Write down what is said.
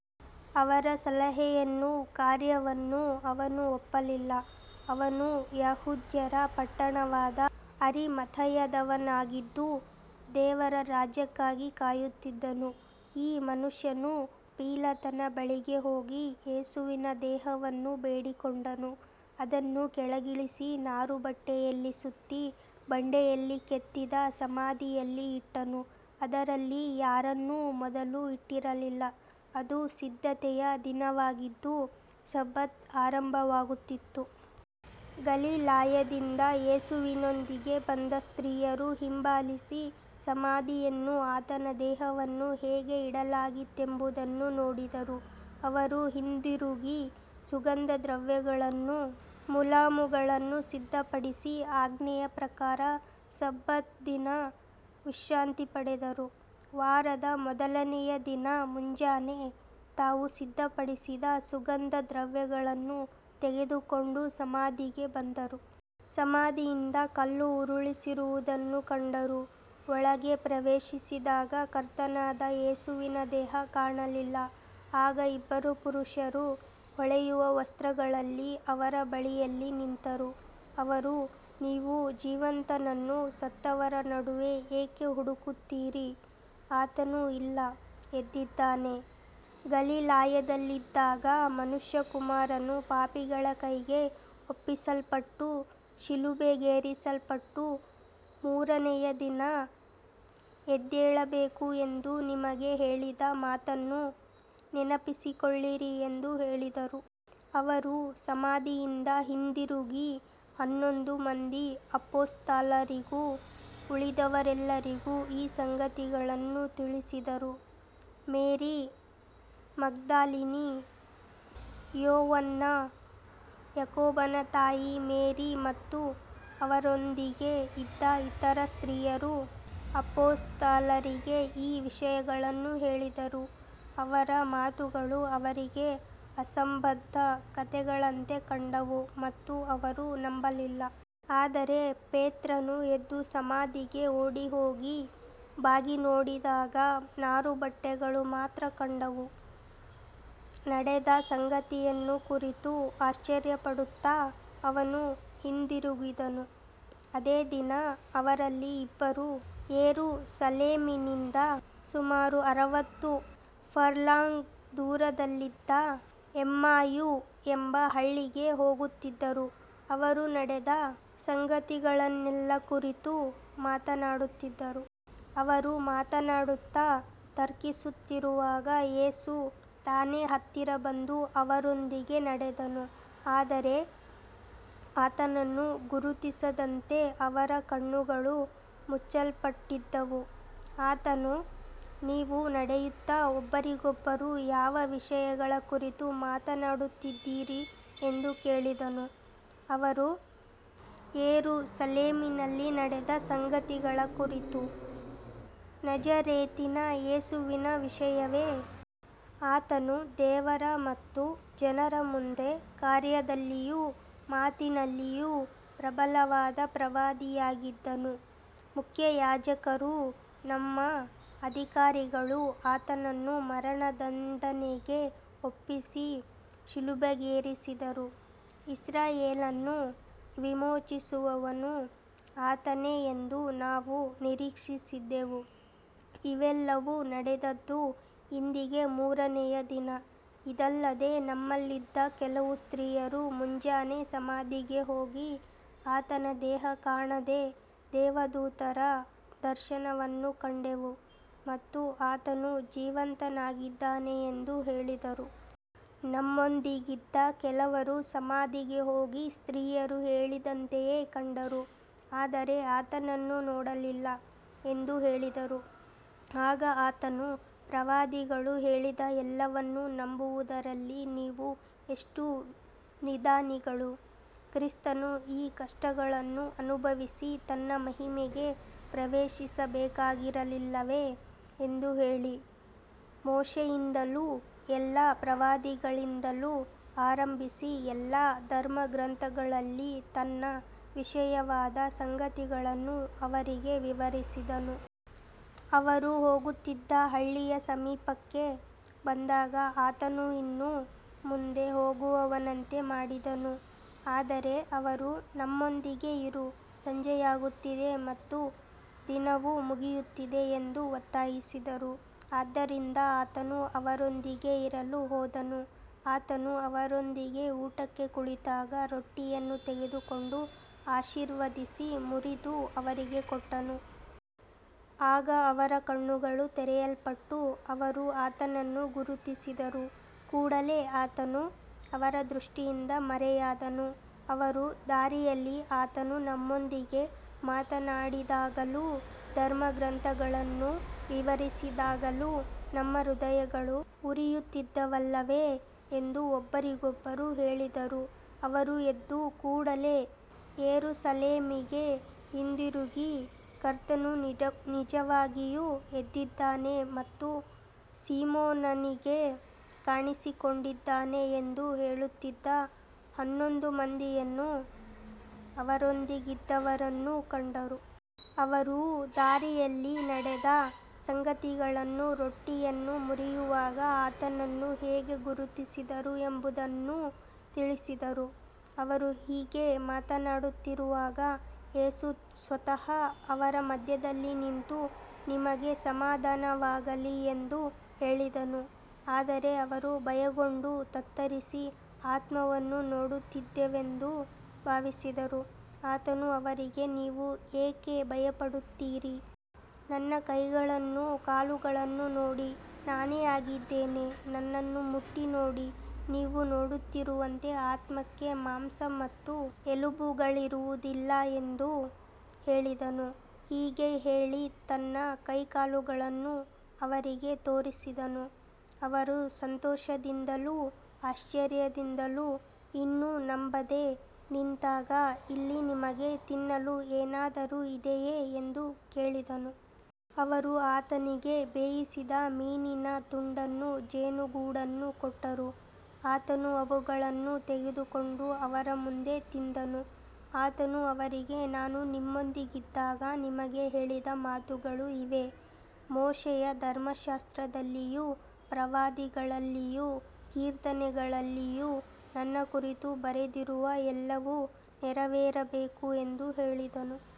ಅವರ ಸಲಹೆಯನ್ನೂ ಕಾರ್ಯವನ್ನೂ ಅವನು ಒಪ್ಪಲಿಲ್ಲ. ಅವನು ಯಹೂದ್ಯರ ಪಟ್ಟಣವಾದ ಅರಿಮಥಾಯದವನಾಗಿದ್ದು, ದೇವರ ರಾಜ್ಯಕ್ಕಾಗಿ ಕಾಯುತ್ತಿದ್ದನು. ಈ ಮನುಷ್ಯನು ಪಿಲಾತನ ಬಳಿಗೆ ಹೋಗಿ ಯೇಸುವಿನ ದೇಹವನ್ನು ಬೇಡಿಕೊಂಡನು. ಅದನ್ನು ಕೆಳಗಿಳಿಸಿ ನಾರುಬಟ್ಟೆಯಲ್ಲಿ ಸುತ್ತಿ, ಬಂಡೆಯಲ್ಲಿ ಕೆತ್ತಿದ ಸಮಾಧಿಯಲ್ಲಿ ಇಟ್ಟನು. ಅದರಲ್ಲಿ ಯಾರನ್ನೂ ಮೊದಲು ಇಟ್ಟಿರಲಿಲ್ಲ. ಅದು ಸಿದ್ಧತೆಯ ದಿನವಾಗಿದ್ದು ಸಬ್ಬತ್ ಆರಂಭವಾಗುತ್ತಿತ್ತು. ಗಲಿಲಾಯದಿಂದ ಯೇಸುವಿನೊಂದಿಗೆ ಬಂದ ಸ್ತ್ರೀಯರು ಹಿಂಬಾಲಿಸಿ, ಸಮಾಧಿಯನ್ನೂ ಆತನ ದೇಹವನ್ನು ಹೇಗೆ ಇಡಲಾಗಿತ್ತೆಂಬುದನ್ನೂ ನೋಡಿದರು. ಅವರು ಹಿಂದಿರುಗಿ ಸುಗಂಧ ದ್ರವ್ಯಗಳನ್ನೂ ಮುಲಾಮುಗಳನ್ನೂ ಸಿದ್ಧಪಡಿಸಿ, ಆಜ್ಞೆಯ ಪ್ರಕಾರ ಸಬ್ಬತ್ ದಿನ ವಿಶ್ರಾಂತಿ ಪಡೆದರು. ವಾರದ ಮೊದಲನೆಯ ದಿನ ಮುಂಜಾನೆ, ತಾವು ಸಿದ್ಧಪಡಿಸಿದ ಸುಗಂಧ ದ್ರವ್ಯಗಳನ್ನು ತೆಗೆದುಕೊಂಡು ಸಮಾಧಿಗೆ ಬಂದರು. ಸಮಾಧಿಯಿಂದ ಕಲ್ಲು ಉರುಳಿಸಿರುವುದನ್ನು ಕಂಡರು. ಒಳಗೆ ಪ್ರವೇಶಿಸಿದಾಗ ಕರ್ತನಾದ ಯೇಸುವಿನ ದೇಹ ಕಾಣಲಿಲ್ಲ. ಆಗ ಇಬ್ಬರು ಪುರುಷರು ಹೊಳೆಯುವ ವಸ್ತ್ರಗಳಲ್ಲಿ ಅವರ ಬಳಿಯಲ್ಲಿ ನಿಂತರು. ಅವರು, ನೀವು ಜೀವಂತನನ್ನು ಸತ್ತವರ ನಡುವೆ ಏಕೆ ಹುಡುಕುತ್ತೀರಿ. ಆತನು ಇಲ್ಲ, ಎದ್ದಿದ್ದಾನೆ. ಗಲಿಲಾಯದಲ್ಲಿದ್ದಾಗ ಮನುಷ್ಯಕುಮಾರನು ಪಾಪಿಗಳ ಕೈಗೆ ಒಪ್ಪಿಸಲ್ಪಟ್ಟು ಶಿಲುಬೆಗೇರಿಸಲ್ಪಟ್ಟು ಮೂರನೆಯ ದಿನ ಎದ್ದೇಳಬೇಕು ಎಂದು ನಿಮಗೆ ಹೇಳಿದ ಮಾತನ್ನು ನೆನಪಿಸಿಕೊಳ್ಳಿರಿ ಎಂದು ಹೇಳಿದರು. ಅವರು ಸಮಾಧಿಯಿಂದ ಹಿಂದಿರುಗಿ ಹನ್ನೊಂದು ಮಂದಿ ಅಪೊಸ್ತಲರಿಗೂ ಉಳಿದವರೆಲ್ಲರಿಗೂ ಈ ಸಂಗತಿಗಳನ್ನು ತಿಳಿಸಿದರು. ಮೇರಿ ಮಗ್ದಲಿನಿ, ಯೋವಾನ್ನಾ, ಯಾಕೋಬನ ತಾಯಿ ಮೇರಿ ಮತ್ತು ಅವರೊಂದಿಗೆ ಇದ್ದ ಇತರ ಸ್ತ್ರೀಯರು ಅಪೊಸ್ತಲರಿಗೆ ಈ ವಿಷಯಗಳನ್ನು ಹೇಳಿದರು. ಅವರ ಮಾತುಗಳು ಅವರಿಗೆ ಅಸಂಬದ್ಧ ಕಥೆಗಳಂತೆ ಕಂಡವು ಮತ್ತು ಅವರು ನಂಬಲಿಲ್ಲ. ಆದರೆ ಪೇತ್ರನು ಎದ್ದು ಸಮಾಧಿಗೆ ಓಡಿಹೋಗಿ ಬಾಗಿ ನೋಡಿದಾಗ ನಾರುಬಟ್ಟೆಗಳು ಮಾತ್ರ ಕಂಡವು. ನಡೆದ ಸಂಗತಿಯನ್ನು ಕುರಿತು ಆಶ್ಚರ್ಯಪಡುತ್ತಾ ಅವನು ಹಿಂದಿರುಗಿದನು. ಅದೇ ದಿನ ಅವರಲ್ಲಿ ಇಬ್ಬರು ಯೆರೂಸಲೇಮಿನಿಂದ ಸುಮಾರು ಅರವತ್ತು ಫರ್ಲಾಂಗ್ ದೂರದಲ್ಲಿದ್ದ ಎಮ್ಮಾಯು ಎಂಬ ಹಳ್ಳಿಗೆ ಹೋಗುತ್ತಿದ್ದರು. ಅವರು ನಡೆದ ಸಂಗತಿಗಳನ್ನೆಲ್ಲ ಕುರಿತು ಮಾತನಾಡುತ್ತಿದ್ದರು. ಅವರು ಮಾತನಾಡುತ್ತಾ ತರ್ಕಿಸುತ್ತಿರುವಾಗ ಯೇಸು ತಾನೇ ಹತ್ತಿರ ಬಂದು ಅವರೊಂದಿಗೆ ನಡೆದನು. ಆದರೆ ಆತನನ್ನು ಗುರುತಿಸದಂತೆ ಅವರ ಕಣ್ಣುಗಳು ಮುಚ್ಚಲ್ಪಟ್ಟಿದ್ದವು. ಆತನು, ನೀವು ನಡೆಯುತ್ತಾ ಒಬ್ಬರಿಗೊಬ್ಬರು ಯಾವ ವಿಷಯಗಳ ಕುರಿತು ಮಾತನಾಡುತ್ತಿದ್ದೀರಿ ಎಂದು ಕೇಳಿದನು. ಅವರು, ಯೆರೂಸಲೇಮಿನಲ್ಲಿ ನಡೆದ ಸಂಗತಿಗಳ ಕುರಿತು. ನಜರೇತಿನ ಯೇಸುವಿನ ವಿಷಯವೇ. ಆತನು ದೇವರ ಮತ್ತು ಜನರ ಮುಂದೆ ಕಾರ್ಯದಲ್ಲಿಯೂ ಮಾತಿನಲ್ಲಿಯೂ ಪ್ರಬಲವಾದ ಪ್ರವಾದಿಯಾಗಿದ್ದನು. ಮುಖ್ಯಯಾಜಕರೂ ನಮ್ಮ ಅಧಿಕಾರಿಗಳೂ ಆತನನ್ನು ಮರಣದಂಡನೆಗೆ ಒಪ್ಪಿಸಿ ಶಿಲುಬೆಗೇರಿಸಿದರು. ಇಸ್ರಾಯೇಲನ್ನು ವಿಮೋಚಿಸುವವನು ಆತನೇ ಎಂದು ನಾವು ನಿರೀಕ್ಷಿಸಿದ್ದೆವು. ಇವೆಲ್ಲವೂ ನಡೆದದ್ದು ಇಂದಿಗೆ ಮೂರನೆಯ ದಿನ. ಇದಲ್ಲದೆ ನಮ್ಮಲ್ಲಿದ್ದ ಕೆಲವು ಸ್ತ್ರೀಯರು ಮುಂಜಾನೆ ಸಮಾಧಿಗೆ ಹೋಗಿ, ಆತನ ದೇಹ ಕಾಣದೆ, ದೇವದೂತರ ದರ್ಶನವನ್ನು ಕಂಡೆವು ಮತ್ತು ಆತನು ಜೀವಂತನಾಗಿದ್ದಾನೆ ಎಂದು ಹೇಳಿದರು. ನಮ್ಮೊಂದಿಗಿದ್ದ ಕೆಲವರು ಸಮಾಧಿಗೆ ಹೋಗಿ ಸ್ತ್ರೀಯರು ಹೇಳಿದಂತೆಯೇ ಕಂಡರು, ಆದರೆ ಆತನನ್ನು ನೋಡಲಿಲ್ಲ ಎಂದು ಹೇಳಿದರು. ಆಗ ಆತನು, ಪ್ರವಾದಿಗಳು ಹೇಳಿದ ಎಲ್ಲವನ್ನೂ ನಂಬುವುದರಲ್ಲಿ ನೀವು ಎಷ್ಟು ನಿಧಾನಿಗಳು. ಕ್ರಿಸ್ತನು ಈ ಕಷ್ಟಗಳನ್ನು ಅನುಭವಿಸಿ ತನ್ನ ಮಹಿಮೆಗೆ ಪ್ರವೇಶಿಸಬೇಕಾಗಿರಲಿಲ್ಲವೇ ಎಂದು ಹೇಳಿ, ಮೋಶೆಯಿಂದಲೂ ಎಲ್ಲಾ ಪ್ರವಾದಿಗಳಿಂದಲೂ ಆರಂಭಿಸಿ ಎಲ್ಲಾ ಧರ್ಮಗ್ರಂಥಗಳಲ್ಲಿ ತನ್ನ ವಿಷಯವಾದ ಸಂಗತಿಗಳನ್ನು ಅವರಿಗೆ ವಿವರಿಸಿದನು. ಅವರು ಹೋಗುತ್ತಿದ್ದ ಹಳ್ಳಿಯ ಸಮೀಪಕ್ಕೆ ಬಂದಾಗ ಆತನು ಇನ್ನೂ ಮುಂದೆ ಹೋಗುವವನಂತೆ ಮಾಡಿದನು. ಆದರೆ ಅವರು, ನಮ್ಮೊಂದಿಗೆ ಇರು, ಸಂಜೆಯಾಗುತ್ತಿದೆ ಮತ್ತು ದಿನವು ಮುಗಿಯುತ್ತಿದೆ ಎಂದು ಒತ್ತಾಯಿಸಿದರು. ಆದ್ದರಿಂದ ಆತನು ಅವರೊಂದಿಗೆ ಇರಲು ಹೋದನು. ಆತನು ಅವರೊಂದಿಗೆ ಊಟಕ್ಕೆ ಕುಳಿತಾಗ ರೊಟ್ಟಿಯನ್ನು ತೆಗೆದುಕೊಂಡು ಆಶೀರ್ವದಿಸಿ ಮುರಿದು ಅವರಿಗೆ ಕೊಟ್ಟನು. ಆಗ ಅವರ ಕಣ್ಣುಗಳು ತೆರೆಯಲ್ಪಟ್ಟು ಅವರು ಆತನನ್ನು ಗುರುತಿಸಿದರು. ಕೂಡಲೇ ಆತನು ಅವರ ದೃಷ್ಟಿಯಿಂದ ಮರೆಯಾದನು. ಅವರು, ದಾರಿಯಲ್ಲಿ ಆತನು ನಮ್ಮೊಂದಿಗೆ ಮಾತನಾಡಿದಾಗಲೂ ಧರ್ಮಗ್ರಂಥಗಳನ್ನು ವಿವರಿಸಿದಾಗಲೂ ನಮ್ಮ ಹೃದಯಗಳು ಉರಿಯುತ್ತಿದ್ದವಲ್ಲವೇ ಎಂದು ಒಬ್ಬರಿಗೊಬ್ಬರು ಹೇಳಿದರು. ಅವರು ಎದ್ದು ಕೂಡಲೇ ಯೆರೂಸಲೇಮಿಗೆ ಹಿಂದಿರುಗಿ, ಕರ್ತನು ನಿಜವಾಗಿಯೂ ಎದ್ದಿದ್ದಾನೆ ಮತ್ತು ಸೀಮೋನನಿಗೆ ಕಾಣಿಸಿಕೊಂಡಿದ್ದಾನೆ ಎಂದು ಹೇಳುತ್ತಿದ್ದ ಹನ್ನೊಂದು ಮಂದಿಯನ್ನೂ ಅವರೊಂದಿಗಿದ್ದವರನ್ನೂ ಕಂಡರು. ಅವರೂ ದಾರಿಯಲ್ಲಿ ನಡೆದ ಸಂಗತಿಗಳನ್ನೂ ರೊಟ್ಟಿಯನ್ನು ಮುರಿಯುವಾಗ ಆತನನ್ನು ಹೇಗೆ ಗುರುತಿಸಿದರು ಎಂಬುದನ್ನೂ ತಿಳಿಸಿದರು. ಅವರು ಹೀಗೆ ಮಾತನಾಡುತ್ತಿರುವಾಗ ಯೇಸು ಸ್ವತಃ ಅವರ ಮಧ್ಯದಲ್ಲಿ ನಿಂತು, ನಿಮಗೆ ಸಮಾಧಾನವಾಗಲಿ ಎಂದು ಹೇಳಿದನು. ಆದರೆ ಅವರು ಭಯಗೊಂಡು ತತ್ತರಿಸಿ, ಆತ್ಮವನ್ನು ನೋಡುತ್ತಿದ್ದೇವೆಂದು ಭಾವಿಸಿದರು. ಆತನು ಅವರಿಗೆ, ನೀವು ಏಕೆ ಭಯಪಡುತ್ತೀರಿ. ನನ್ನ ಕೈಗಳನ್ನೂ ಕಾಲುಗಳನ್ನೂ ನೋಡಿ, ನಾನೇ ಆಗಿದ್ದೇನೆ. ನನ್ನನ್ನು ಮುಟ್ಟಿ ನೋಡಿ. ನೀವು ನೋಡುತ್ತಿರುವಂತೆ ಆತ್ಮಕ್ಕೆ ಮಾಂಸ ಮತ್ತು ಎಲುಬುಗಳಿರುವುದಿಲ್ಲ ಎಂದು ಹೇಳಿದನು. ಹೀಗೆ ಹೇಳಿ ತನ್ನ ಕೈಕಾಲುಗಳನ್ನು ಅವರಿಗೆ ತೋರಿಸಿದನು. ಅವರು ಸಂತೋಷದಿಂದಲೂ ಆಶ್ಚರ್ಯದಿಂದಲೂ ಇನ್ನೂ ನಂಬದೆ ನಿಂತಾಗ, ಇಲ್ಲಿ ನಿಮಗೆ ತಿನ್ನಲು ಏನಾದರೂ ಇದೆಯೇ ಎಂದು ಕೇಳಿದನು. ಅವರು ಆತನಿಗೆ ಬೇಯಿಸಿದ ಮೀನಿನ ತುಂಡನ್ನೂ ಜೇನುಗೂಡನ್ನೂ ಕೊಟ್ಟರು. ಆತನು ಅವುಗಳನ್ನು ತೆಗೆದುಕೊಂಡು ಅವರ ಮುಂದೆ ತಿಂದನು. ಆತನು ಅವರಿಗೆ, ನಾನು ನಿಮ್ಮೊಂದಿಗಿದ್ದಾಗ ನಿಮಗೆ ಹೇಳಿದ ಮಾತುಗಳು ಇವೇ. ಮೋಶೆಯ ಧರ್ಮಶಾಸ್ತ್ರದಲ್ಲಿಯೂ ಪ್ರವಾದಿಗಳಲ್ಲಿಯೂ ಕೀರ್ತನೆಗಳಲ್ಲಿಯೂ ನನ್ನ ಕುರಿತು ಬರೆದಿರುವ ಎಲ್ಲವೂ ನೆರವೇರಬೇಕು ಎಂದು ಹೇಳಿದನು.